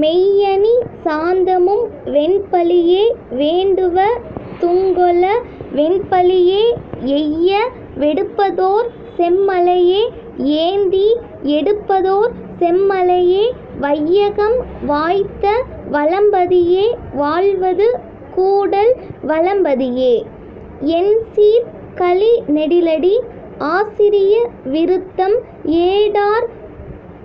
மெய்யணி சாந்தமும் வெண்பலியே வேண்டுவ துங்கொள வெண்பலியே எய்ய வெடுப்பதோர் செம்மலையே யேந்தி யெடுப்பதோர் செம்மலையே வையகம் வாய்த்த வளம்பதியே வாழ்வது கூடல் வளம்பதியே. எண்சீர்க் கழிநெடிலடி ஆசிரிய விருத்தம் ஏடார்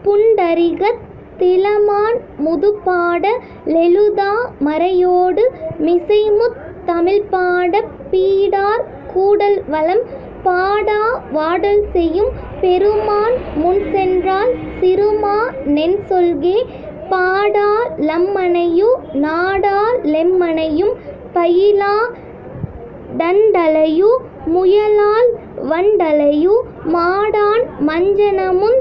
புண்டரிகத் திளமான் முதுபாட லெழுதா மறையோடு மிசைமுத் தமிழ்பாடப் பீடார் கூடல்வளம் பாடா வாடல்செயும் பெருமான் முன்சென்றாள் சிறுமா னென்சொல்கே பாடா ளம்மனையு நாடா ளெம்மனையும் பயிலா டண்டலையு முயலாள் வண்டலையு மாடாண் மஞ்சனமுந்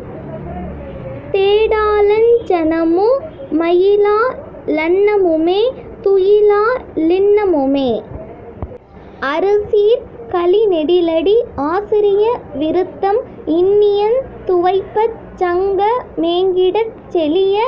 தேடாளஞ்சனமு மயிலா ளன்னமுமே துயிலா ளின்னமுமே. அறுசீர்க் கழிநெடிலடி ஆசிரிய விருத்தம் இன்னியந் துவைப்பச் சங்க மேங்கிடச் செழிய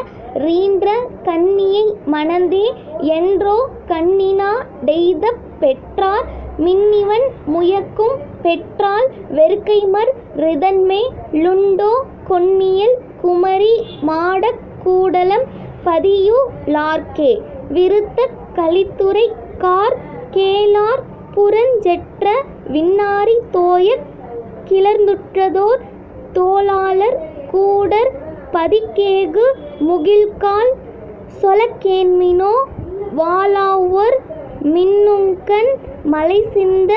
ரீன்ற கன்னியை மணந்தே யன்றோ கன்னிநா டெய்தப் பெற்றார் மின்னிவண் முயக்கும் பெற்றால் வெறுக்கைமற் றிதன்மே லுண்டோ கொன்னியல் குமரி மாடக் கூடலம் பதியு ளார்க்கே. விருத்தக் கலித்துறை கார் கேளார் புரஞ்செற்ற வின்னாரிதோயக் கிளர்ந்துற்றதோர் தோளாளர் கூடற் பதிக்கேகு முகில்காள் சொலக்கேண்மினோ வாளாவொர் மின்னுங்கண் மழைசிந்த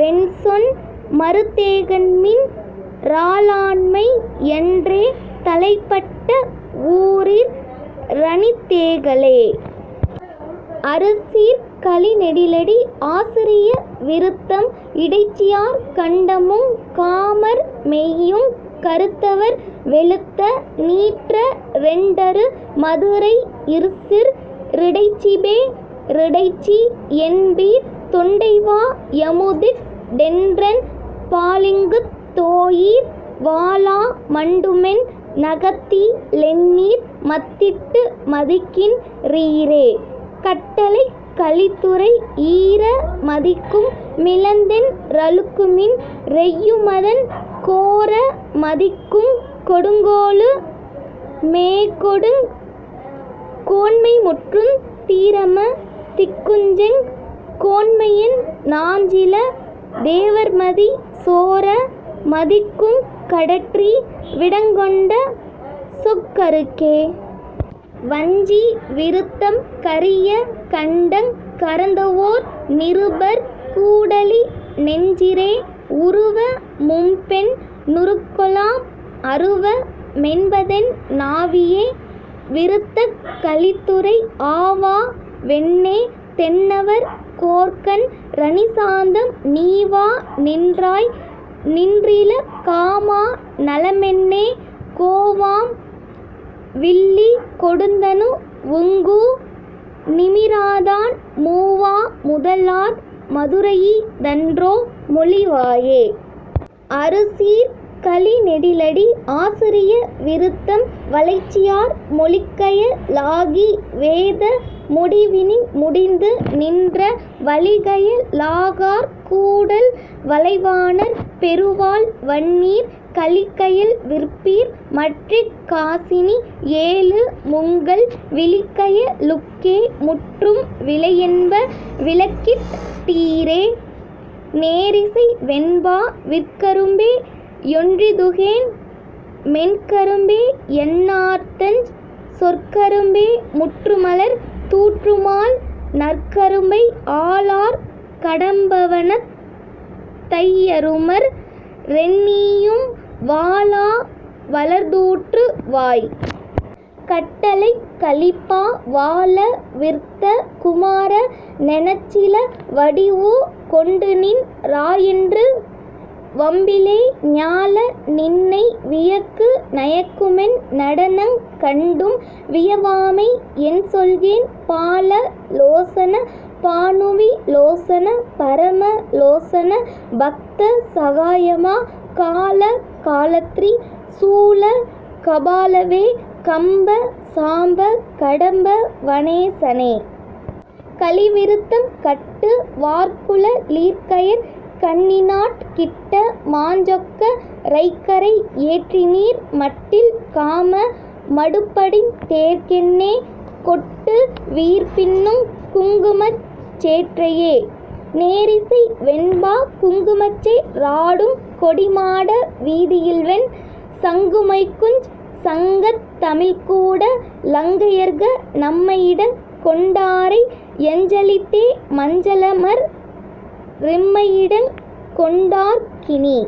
வென்சொன் மறுத்தேகன்மின் றாளாண்மை யன்றே தளைப்பட்ட வூரிற் றனித்தேகலே. அறுசீர்க் கழிநெடிலடி ஆசிரிய விருத்தம் இடைச்சியார் கண்டமுங் காமர் மெய்யுங் கறுத்தவர் வெளுத்த நீற்ற ரெண்டரு மதுரை யிற்சிற் றிடைச்சிபே ரிடைச்சி யென்பீர் தொண்டைவா யமுதிட் டென்றன் பாலிங்குத் தோயீர் வாளா மண்டுமென் னகத்தி லென்னீர் மத்திட்டு மதிக்கின் றீரே. கட்டளைக் கலித்துறை ஈர மதிக்கும் மிளந்தென் றலுக்குமின் றெய்யுமதன் கோர மதிக்குங் கொடுங்கோலு மேகொடுங் கோன்மைமுற்றுந் தீரம திக்குஞ்செங் கோன்மையென் னாஞ்சில தேவர்மதி சோர மதிக்குங் கடற்றீ விடங்கொண்ட சொக்கருக்கே. வஞ்சி விருத்தம் கரிய கண்டங் கரந்தவோர் நிருபர் கூடலி னெஞ்சிரே உருவ மும்பெண் ணுருக்கொலாம் அருவ மென்பதென் னாவியே. விருத்தக் கலித்துறை ஆவா வென்னே தென்னவர் கோற்கன் றணிசாந்தம் நீவா நின்றாய் நின்றில காமா னலமென்னே கோவாம் வில்லி கொடுந்தனு வுங்கூ னிமிராதான் மூவா முதலார் மதுரையி தன்றோ மொழிவாயே. அறுசீர்க் கழிநெடிலடி ஆசிரிய விருத்தம் வலைச்சியார் மொழிக்கய லாகி வேத முடிவினின் முடிந்து நின்ற வழிகய லாகார் கூடல் வலைவாணர் பெருவாழ் வன்னீர் கழிக்கயல் விற்பீர் மற்றிக் காசினி யேழு முங்கள் விழிக்கய லுக்கே முற்றும் விலையென்ப விளக்கிட் டீரே. நேரிசை வெண்பா விற்கரும்பே யொன்றிதுகேண் மென்கரும்பே யன்னார்தஞ் சொற்கரும்பே முற்றுமலர் தூற்றுமால் நற்கரும்பை ஆளார் கடம்பவனத் தையருமற் றென்னீயும் வாளா வலர்தூற்று வாய். கட்டளைக் கலிப்பா வால விர்த்த குமார னெனச்சில வடிவு கொண்டுநின் றாயென்று வம்பிலே ஞால நின்னை வியக்கு நயக்குமென் னடனங் கண்டும் வியவாமை யென்சொல்கேன் பால லோசன பாநுவி லோசன பரம லோசன பக்த சகாயமா கால காலத்ரி சூல கபாலவே கம்ப சாம்ப கடம்ப வனேசனே. கலிவிருத்தம் கட்டு வார்குழ லீர்கயற் கண்ணினாட் கிட்ட மாஞ்சொக்க ரைக்கரை யேற்றினீர் மட்டில் காம மடுப்படிந் தேற்கென்னே கொட்டு வீர்பின்னுங் குங்குமச் சேற்றையே. நேரிசை வெண்பா குங்குமச்சே றாடுங் கொடிமாட வீதியில்வெண் சங்குமொய்க்குஞ் சங்கத் தமிழ்க்கூட லங்கயற்க ணம்மையிடங் கொண்டாரை யஞ்சலித்தே மஞ்சலமற் றிம்மையிடங் கொண்டார்க் கினி.